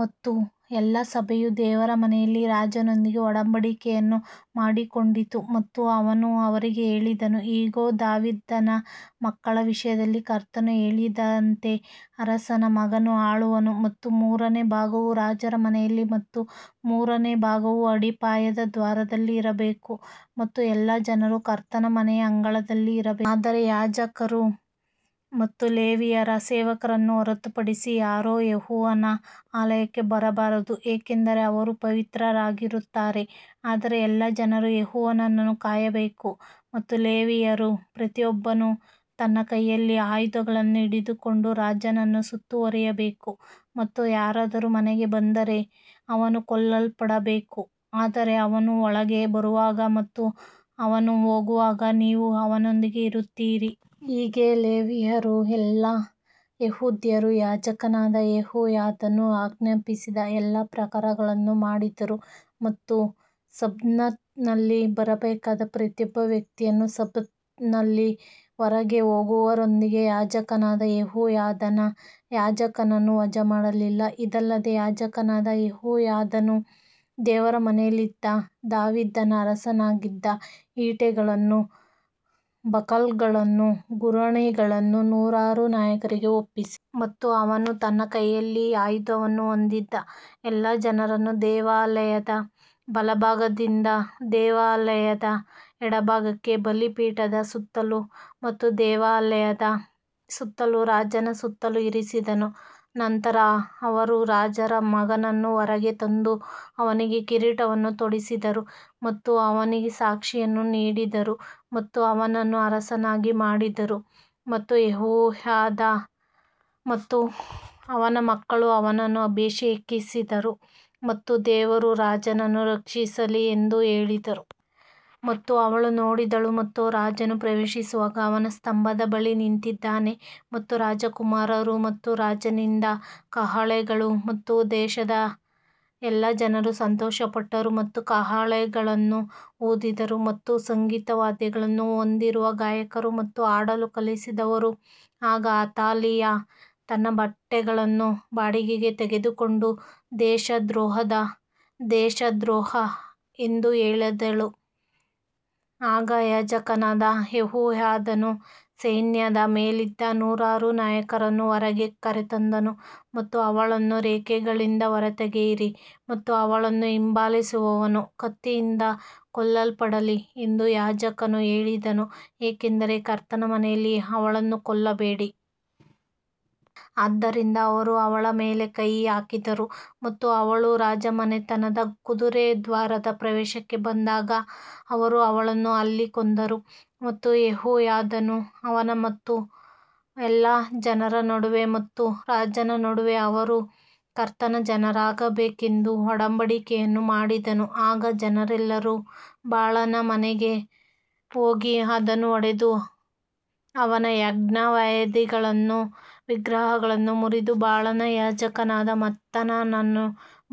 ಮತ್ತು ಎಲ್ಲಾ ಸಭೆಯು ದೇವರ ಮನೆಯಲ್ಲಿ ರಾಜನೊಂದಿಗೆ ಒಡಂಬಡಿಕೆಯನ್ನು ಮಾಡಿಕೊಂಡಿತು ಮತ್ತು ಅವನು ಅವರಿಗೆ ಹೇಳಿದನು, ಇಗೋ, ದಾವೀದನ ಮಕ್ಕಳ ವಿಷಯದಲ್ಲಿ ಕರ್ತನು ಹೇಳಿದಂತೆ ಅರಸನ ಮಗನು ಆಳುವನು. ಮತ್ತು ಮೂರನೇ ಭಾಗವು ರಾಜರ ಮನೆಯಲ್ಲಿ ಮತ್ತು ಮೂರನೇ ಭಾಗವು ಅಡಿಪಾಯದ ದ್ವಾರದಲ್ಲಿ ಇರಬೇಕು ಮತ್ತು ಎಲ್ಲಾ ಜನರು ಕರ್ತನ ಮನೆಯ ಅಂಗಳದಲ್ಲಿ ಇರಬೇಕು. ಆದರೆ ಯಾಜಕರು ಮತ್ತು ಲೇವಿಯರ ಸೇವಕರನ್ನು ಹೊರತುಪಡಿಸಿ ಯಾರೂ ಯೆಹೋವನ ಆಲಯಕ್ಕೆ ಬರಬಾರದು, ಏಕೆಂದರೆ ಅವರು ಪವಿತ್ರರಾಗಿರುತ್ತಾರೆ ಆದರೆ ಎಲ್ಲಾ ಜನರು ಯೆಹೋವನನ್ನು ಕಾಯಬೇಕು. ಮತ್ತು ಲೇವಿಯರು ಪ್ರತಿಯೊಬ್ಬನು ತನ್ನ ಕೈಯಲ್ಲಿ ಆಯುಧಗಳನ್ನು ಹಿಡಿದುಕೊಂಡು ರಾಜನನ್ನು ಸುತ್ತುವರಿಯಬೇಕು ಮತ್ತು ಯಾರಾದರೂ ಮನೆಗೆ ಬಂದರೆ ಅವನು ಕೊಲ್ಲಲ್ಪಡಬೇಕು ಆದರೆ ಅವನು ಒಳಗೆ ಬರುವಾಗ ಮತ್ತು ಅವನು ಹೋಗುವಾಗ ನೀವು ಅವನೊಂದಿಗೆ ಇರುತ್ತೀರಿ. ಹೀಗೆ ಲೇವಿಯರೂ ಎಲ್ಲಾ ಯೆಹೂದ್ಯರೂ ಯಾಜಕನಾದ ಯೆಹೋಯಾದನು ಆಜ್ಞಾಪಿಸಿದ ಎಲ್ಲಾ ಪ್ರಕಾರಗಳನ್ನು ಮಾಡಿದರು ಮತ್ತು ಸಬ್ಬತ್ನಲ್ಲಿ ಬರಬೇಕಾದ ಪ್ರತಿಯೊಬ್ಬ ವ್ಯಕ್ತಿಯನ್ನು ಸಬ್ಬತ್ನಲ್ಲಿ ಹೊರಗೆ ಹೋಗುವವರೊಂದಿಗೆ ಯಾಜಕನಾದ ಯೆಹೋಯಾದಾನ ಯಾಜಕನನ್ನು ವಜಾಮಾಡಲಿಲ್ಲ. ಇದಲ್ಲದೆ ಯಾಜಕನಾದ ಯೆಹೋಯಾದನು ದೇವರ ಮನೆಯಲ್ಲಿದ್ದ ದಾವೀದನ ಅರಸನಾಗಿದ್ದ ಈಟಿಗಳನ್ನೂ ಬಕಲ್ಗಳನ್ನೂ ಗುರಾಣಿಗಳನ್ನೂ ನೂರಾರು ನಾಯಕರಿಗೆ ಒಪ್ಪಿಸಿದನು. ಮತ್ತು ಅವನು ತನ್ನ ಕೈಯಲ್ಲಿ ಆಯುಧವನ್ನು ಹೊಂದಿದ್ದ ಎಲ್ಲಾ ಜನರನ್ನು ದೇವಾಲಯದ ಬಲಭಾಗದಿಂದ ದೇವಾಲಯದ ಎಡಭಾಗಕ್ಕೆ ಬಲಿಪೀಠದ ಸುತ್ತಲೂ ಮತ್ತು ದೇವಾಲಯದ ಸುತ್ತಲೂ ರಾಜನ ಸುತ್ತಲೂ ಇರಿಸಿದನು. ನಂತರ ಅವರು ರಾಜರ ಮಗನನ್ನು ಹೊರಗೆ ತಂದು ಅವನಿಗೆ ಕಿರೀಟವನ್ನು ತೊಡಿಸಿದರು ಮತ್ತು ಅವನಿಗೆ ಸಾಕ್ಷಿಯನ್ನು ನೀಡಿದರು ಮತ್ತು ಅವನನ್ನು ಅರಸನನ್ನಾಗಿ ಮಾಡಿದರು ಮತ್ತು ಯೆಹೋಯಾದಾ ಮತ್ತು ಅವನ ಮಕ್ಕಳು ಅವನನ್ನು ಅಭಿಷೇಕಿಸಿದರು ಮತ್ತು ದೇವರು ರಾಜನನ್ನು ರಕ್ಷಿಸಲಿ ಎಂದು ಹೇಳಿದರು. ಮತ್ತು ಅವಳು ನೋಡಿದಳು ಮತ್ತು ರಾಜನು ಪ್ರವೇಶಿಸುವಾಗ ಅವನ ಸ್ತಂಭದ ಬಳಿ ನಿಂತಿದ್ದಾನೆ ಮತ್ತು ರಾಜಕುಮಾರರು ಮತ್ತು ರಾಜನಿಂದ ಕಹಳೆಗಳು ಮತ್ತು ದೇಶದ ಎಲ್ಲಾ ಜನರು ಸಂತೋಷಪಟ್ಟರು ಮತ್ತು ಕಹಳೆಗಳನ್ನು ಊದಿದರು ಮತ್ತು ಸಂಗೀತ ವಾದ್ಯಗಳನ್ನು ಹೊಂದಿರುವ ಗಾಯಕರು ಮತ್ತು ಹಾಡಲು ಕಲಿಸಿದವರು. ಆಗ ಅತಾಲಿಯಾ ತನ್ನ ಬಟ್ಟೆಗಳನ್ನು ಬಾಡಿಗೆಗೆ ತೆಗೆದುಕೊಂಡು ದೇಶದ್ರೋಹದ ದೇಶದ್ರೋಹ ಎಂದು ಹೇಳಿದಳು ಆಗ ಯಾಜಕನಾದ ಯೆಹೋಯಾದನು ಸೈನ್ಯದ ಮೇಲಿದ್ದ ನೂರಾರು ನಾಯಕರನ್ನು ಹೊರಗೆ ಕರೆತಂದನು ಮತ್ತು ಅವಳನ್ನು ರೇಖೆಗಳಿಂದ ಹೊರತೆಗೆಯಿರಿ ಮತ್ತು ಅವಳನ್ನು ಹಿಂಬಾಲಿಸುವವನು ಕತ್ತಿಯಿಂದ ಕೊಲ್ಲಲ್ಪಡಲಿ ಎಂದು ಯಾಜಕನು ಹೇಳಿದನು ಏಕೆಂದರೆ ಕರ್ತನ ಮನೆಯಲ್ಲಿ ಅವಳನ್ನು ಕೊಲ್ಲಬೇಡಿ. ಆದ್ದರಿಂದ ಅವರು ಅವಳ ಮೇಲೆ ಕೈ ಹಾಕಿದರು ಮತ್ತು ಅವಳು ರಾಜಮನೆತನದ ಕುದುರೆ ದ್ವಾರದ ಪ್ರವೇಶಕ್ಕೆ ಬಂದಾಗ ಅವರು ಅವಳನ್ನು ಅಲ್ಲಿ ಕೊಂದರು. ಮತ್ತು ಯೆಹೋಯಾದನು ಅವನ ಮತ್ತು ಎಲ್ಲಾ ಜನರ ನಡುವೆ ಮತ್ತು ರಾಜನ ನಡುವೆ ಅವರು ಕರ್ತನ ಜನರಾಗಬೇಕೆಂದು ಒಡಂಬಡಿಕೆಯನ್ನು ಮಾಡಿದನು. ಆಗ ಜನರೆಲ್ಲರೂ ಬಾಳನ ಮನೆಗೆ ಹೋಗಿ ಅದನ್ನು ಒಡೆದು ಅವನ ಯಜ್ಞವೇದಿಗಳನ್ನೂ ವಿಗ್ರಹಗಳನ್ನೂ ಮುರಿದು ಬಾಳನ ಯಾಜಕನಾದ ಮತ್ತಾನನನ್ನು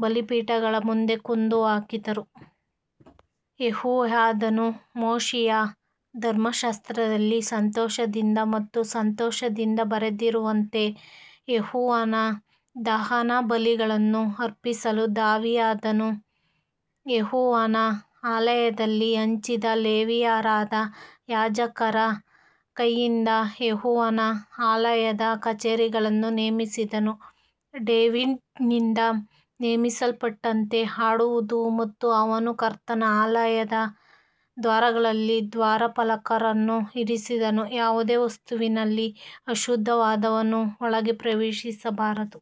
ಬಲಿಪೀಠಗಳ ಮುಂದೆ ಕೊಂದು ಹಾಕಿದರು. ಯೆಹೋಯಾದನು ಮೋಶೆಯ ಧರ್ಮಶಾಸ್ತ್ರದಲ್ಲಿ ಸಂತೋಷದಿಂದ ಮತ್ತು ಸಂತೋಷದಿಂದ ಬರೆದಿರುವಂತೆ ಯೆಹೋವನ ದಹನಬಲಿಗಳನ್ನು ಅರ್ಪಿಸಲು ದಾವೀದನು ಯೆಹೋವನ ಆಲಯದಲ್ಲಿ ಹಂಚಿದ ಲೇವಿಯರಾದ ಯಾಜಕರ ಕೈಯಿಂದ ಯೆಹೋವನ ಆಲಯದ ಕಚೇರಿಗಳನ್ನು ನೇಮಿಸಿದನು. ಡೇವಿಡ್ನಿಂದ ನೇಮಿಸಲ್ಪಟ್ಟಂತೆ ಹಾಡುವುದು ಮತ್ತು ಅವನು ಕರ್ತನ ಆಲಯದ ದ್ವಾರಗಳಲ್ಲಿ ದ್ವಾರಪಾಲಕರನ್ನು ಇರಿಸಿದನು, ಯಾವುದೇ ವಸ್ತುವಿನಲ್ಲಿ ಅಶುದ್ಧವಾದವನು ಒಳಗೆ ಪ್ರವೇಶಿಸಬಾರದು.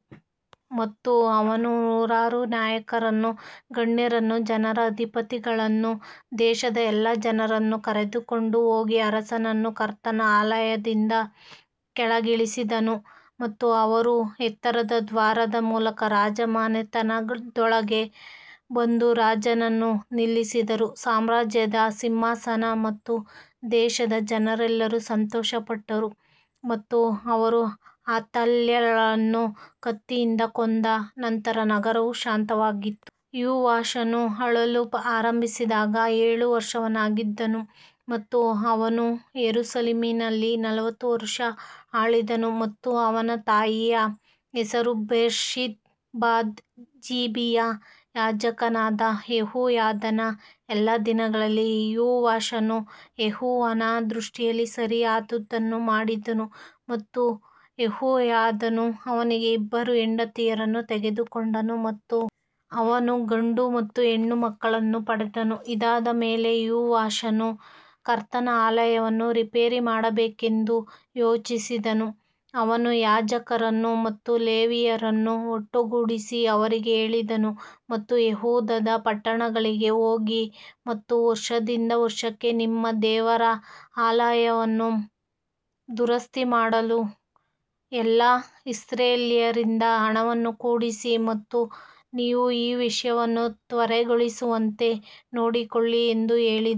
ಮತ್ತು ಅವನು ನೂರಾರು ನಾಯಕರನ್ನೂ, ಗಣ್ಯರನ್ನೂ, ಜನರ ಅಧಿಪತಿಗಳನ್ನೂ, ದೇಶದ ಎಲ್ಲಾ ಜನರನ್ನು ಕರೆದುಕೊಂಡು ಹೋಗಿ ಅರಸನನ್ನು ಕರ್ತನ ಆಲಯದಿಂದ ಕೆಳಗಿಳಿಸಿದನು ಮತ್ತು ಅವರು ಎತ್ತರದ ದ್ವಾರದ ಮೂಲಕ ರಾಜಮನೆತನದೊಳಗೆ ಬಂದು ರಾಜನನ್ನು ನಿಲ್ಲಿಸಿದರು. ಸಾಮ್ರಾಜ್ಯದ ಸಿಂಹಾಸನ ಮತ್ತು ದೇಶದ ಜನರೆಲ್ಲರೂ ಸಂತೋಷಪಟ್ಟರು ಮತ್ತು ಅವರು ಅಥಾಲ್ಯಳನ್ನು ಕತ್ತಿಯಿಂದ ಕೊಂದ ನಂತರ ನಗರವು ಶಾಂತವಾಗಿತ್ತು. ಯೋವಾಷನು ಆಳಲು ಆರಂಭಿಸಿದಾಗ ಏಳು ವರ್ಷದವನಾಗಿದ್ದನು ಮತ್ತು ಅವನು ಯೆರೂಸಲೇಮಿನಲ್ಲಿ ನಲವತ್ತು ವರುಷ ಆಳಿದನು ಮತ್ತು ಅವನ ತಾಯಿಯ ಹೆಸರು ಬೇರ್ಷೆಬಾದ ಜಿಬಿಯಾ. ಯಾಜಕನಾದ ಯೆಹೋಯಾದನ ಎಲ್ಲಾ ದಿನಗಳಲ್ಲಿ ಯೋವಾಷನು ಯೆಹೋವನ ದೃಷ್ಟಿಯಲ್ಲಿ ಸರಿಯಾದದ್ದನ್ನು ಮಾಡಿದನು. ಮತ್ತು ಯೆಹೋಯಾದನು ಅವನಿಗೆ ಇಬ್ಬರು ಹೆಂಡತಿಯರನ್ನು ತೆಗೆದುಕೊಂಡನು ಮತ್ತು ಅವನು ಗಂಡು ಮತ್ತು ಹೆಣ್ಣು ಮಕ್ಕಳನ್ನು ಪಡೆದನು ಇದಾದ ಮೇಲೆ ಯೋವಾಷನು ಕರ್ತನ ಆಲಯವನ್ನು ರಿಪೇರಿ ಮಾಡಬೇಕೆಂದು ಯೋಚಿಸಿದನು ಅವನು ಯಾಜಕರನ್ನು ಮತ್ತು ಲೇವಿಯರನ್ನು ಒಟ್ಟುಗೂಡಿಸಿ ಅವರಿಗೆ ಹೇಳಿದನು ಮತ್ತು ಯೆಹೂದದ ಪಟ್ಟಣಗಳಿಗೆ ಹೋಗಿ ಮತ್ತು ವರ್ಷದಿಂದ ವರ್ಷಕ್ಕೆ ನಿಮ್ಮ ದೇವರ ಆಲಯವನ್ನು ದುರಸ್ತಿ ಮಾಡಲು ಎಲ್ಲಾ ಇಸ್ರಾಯೇಲ್ಯರಿಂದ ಹಣವನ್ನು ಕೂಡಿಸಿ ಮತ್ತು ನೀವು ಈ ವಿಷಯವನ್ನು ತ್ವರೆಗೊಳಿಸುವಂತೆ ನೋಡಿಕೊಳ್ಳಿ ಎಂದು ಹೇಳಿದನು.